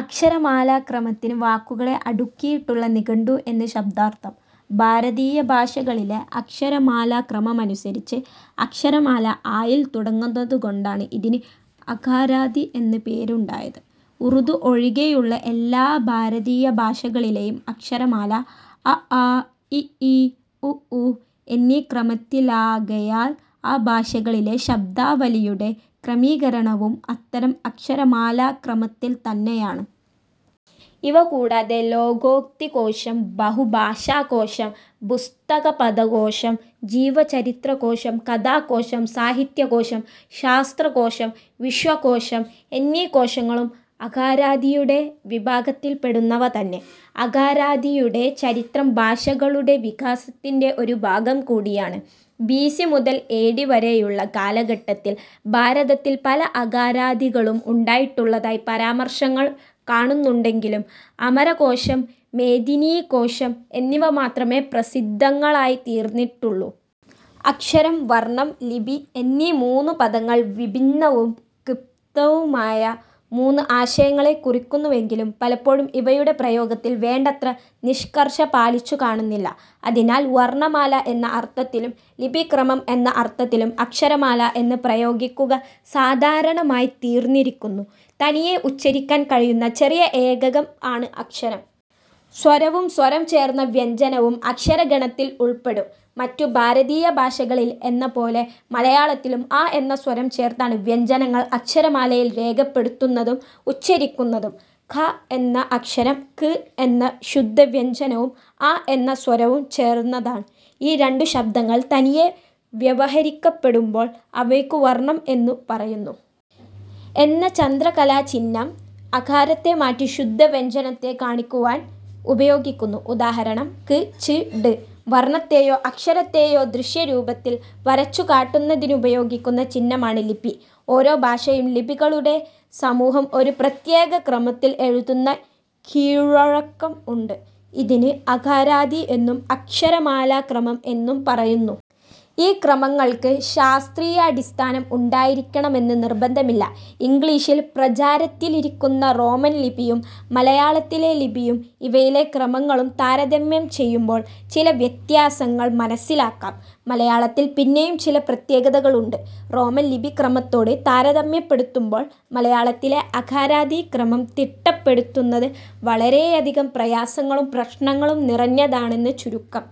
അക്ഷരമാലാക്രമത്തിന് വാക്കുകളെ അടുക്കിയിട്ടുള്ള നിഘണ്ടു എന്ന് ശബ്ദാർഥം. ഭാരതീയ ഭാഷകളിലെ അക്ഷരമാലാക്രമമനുസരിച്ച് അക്ഷരമാല 'അ'യിൽ തുടങ്ങുന്നതുകൊണ്ടാണ് ഇതിന് അകാരാദി എന്നു പേരുണ്ടായത്. ഉർദു ഒഴികെയുള്ള എല്ലാ ഭാരതീയ ഭാഷകളിലെയും അക്ഷരമാല അ, ആ, ഇ, ഈ, ഉ, ഊ എന്നീ ക്രമത്തിലാകയാൽ ആ ഭാഷകളിലെ ശബ്ദാവലിയുടെ ക്രമീകരണവും അത്തരം അക്ഷരമാലാക്രമത്തിൽ തന്നെയാണ്. ഇവ കൂടാതെ ലോകോക്തികോശം, ബഹുഭാഷാകോശം, പുസ്തകപദകോശം, ജീവചരിത്രകോശം, കഥാകോശം, സാഹിത്യകോശം, ശാസ്ത്രകോശം, വിശ്വകോശം എന്നീ കോശങ്ങളും 'അകാരാദി'യുടെ വിഭാഗത്തിൽ പെടുന്നവ തന്നെ. അകാരാദിയുടെ ചരിത്രം ഭാഷകളുടെ വികാസത്തിന്റെ ഒരു ഭാഗംകൂടിയാണ്. ബി. സി. മുതൽ എ. ഡി. വരെയുള്ള കാലഘട്ടത്തിൽ ഭാരതത്തിൽ പല അകാരാദികളും ഉണ്ടായിട്ടുള്ളതായി പരാമർശങ്ങൾ കാണുന്നുണ്ടെങ്കിലും അമരകോശം, മേദിനീകോശം എന്നിവ മാത്രമേ പ്രസിദ്ധങ്ങളായിത്തീർന്നിട്ടുള്ളു. അക്ഷരം, വർണം, ലിപി എന്നീ മൂന്നു പദങ്ങൾ വിഭിന്നവും ക്പ്തവുമായ മൂന്ന് ആശയങ്ങളെ കുറിക്കുന്നുവെങ്കിലും പലപ്പോഴും ഇവയുടെ പ്രയോഗത്തിൽ വേണ്ടത്ര നിഷ്കർഷ പാലിച്ചുകാണുന്നില്ല. അതിനാൽ 'വർണമാല' എന്ന അർത്ഥത്തിലും 'ലിപിക്രമം' എന്ന അർത്ഥത്തിലും 'അക്ഷരമാല' എന്ന് പ്രയോഗിക്കുക സാധാരണമായിത്തീർന്നിരിക്കുന്നു. തനിയെ ഉച്ചരിക്കാൻ കഴിയുന്ന ചെറിയ ഏകകം ആണ് അക്ഷരം. സ്വരവും സ്വരം ചേർന്ന വ്യഞ്ജനവും അക്ഷരഗണത്തിൽ ഉൾപ്പെടും. മറ്റു ഭാരതീയഭാഷകളിൽ എന്നപോലെ മലയാളത്തിലും 'അ' എന്ന സ്വരം ചേർത്താണ് വ്യഞ്ജനങ്ങൾ അക്ഷരമാലയിൽ രേഖപ്പെടുത്തുന്നതും ഉച്ചരിക്കുന്നതും. 'ക' എന്ന അക്ഷരം 'ക്' എന്ന ശുദ്ധവ്യഞ്ജനവും 'അ' എന്ന സ്വരവും ചേർന്നതാണ്. ഈ രണ്ടു ശബ്ദങ്ങൾ തനിയെ വ്യവഹരിക്കപ്പെടുമ്പോൾ അവയ്ക്കു വർണം എന്നു പറയുന്നു. '്' എന്ന ചന്ദ്രക്കലാചിഹ്നം അകാരത്തെ മാറ്റി ശുദ്ധവ്യഞ്ജനത്തെ കാണിക്കുവാൻ ഉപയോഗിക്കുന്നു. ഉദാ. ക്, ച്, ട്. വർണത്തെയോ അക്ഷരത്തെയോ ദൃശ്യരൂപത്തിൽ വരച്ചുകാട്ടുന്നതിനുപയോഗിക്കുന്ന ചിഹ്നമാണ് ലിപി. ഓരോ ഭാഷയിലും ലിപികളുടെ സമൂഹം ഒരു പ്രത്യേകക്രമത്തിൽ എഴുതുന്ന കീഴ്വഴക്കം ഉണ്ട്. ഇതിന് അകാരാദി എന്നും അക്ഷരമാലാക്രമം എന്നും പറയുന്നു. ഈ ക്രമങ്ങൾക്ക് ശാസ്ത്രീയാടിസ്ഥാനം ഉണ്ടായിരിക്കണമെന്ന് നിർബന്ധമില്ല. ഇംഗ്ളീഷിൽ പ്രചാരത്തിലിരിക്കുന്ന റോമൻ ലിപിയും മലയാളത്തിലെ ലിപിയും ഇവയിലെ ക്രമങ്ങളും താരതമ്യം ചെയ്യുമ്പോൾ ചില വ്യത്യാസങ്ങൾ മനസ്സിലാക്കാം. മലയാളത്തിൽ പിന്നെയും ചില പ്രത്യേകതകളുണ്ട്: റോമൻ ലിപിക്രമത്തോട് താരതമ്യപ്പെടുത്തുമ്പോൾ മലയാളത്തിലെ അകാരാദി ക്രമം തിട്ടപ്പെടുത്തുന്നത് വളരെയധികം പ്രയാസങ്ങളും പ്രശ്നങ്ങളും നിറഞ്ഞതാണെന്ന് ചുരുക്കം.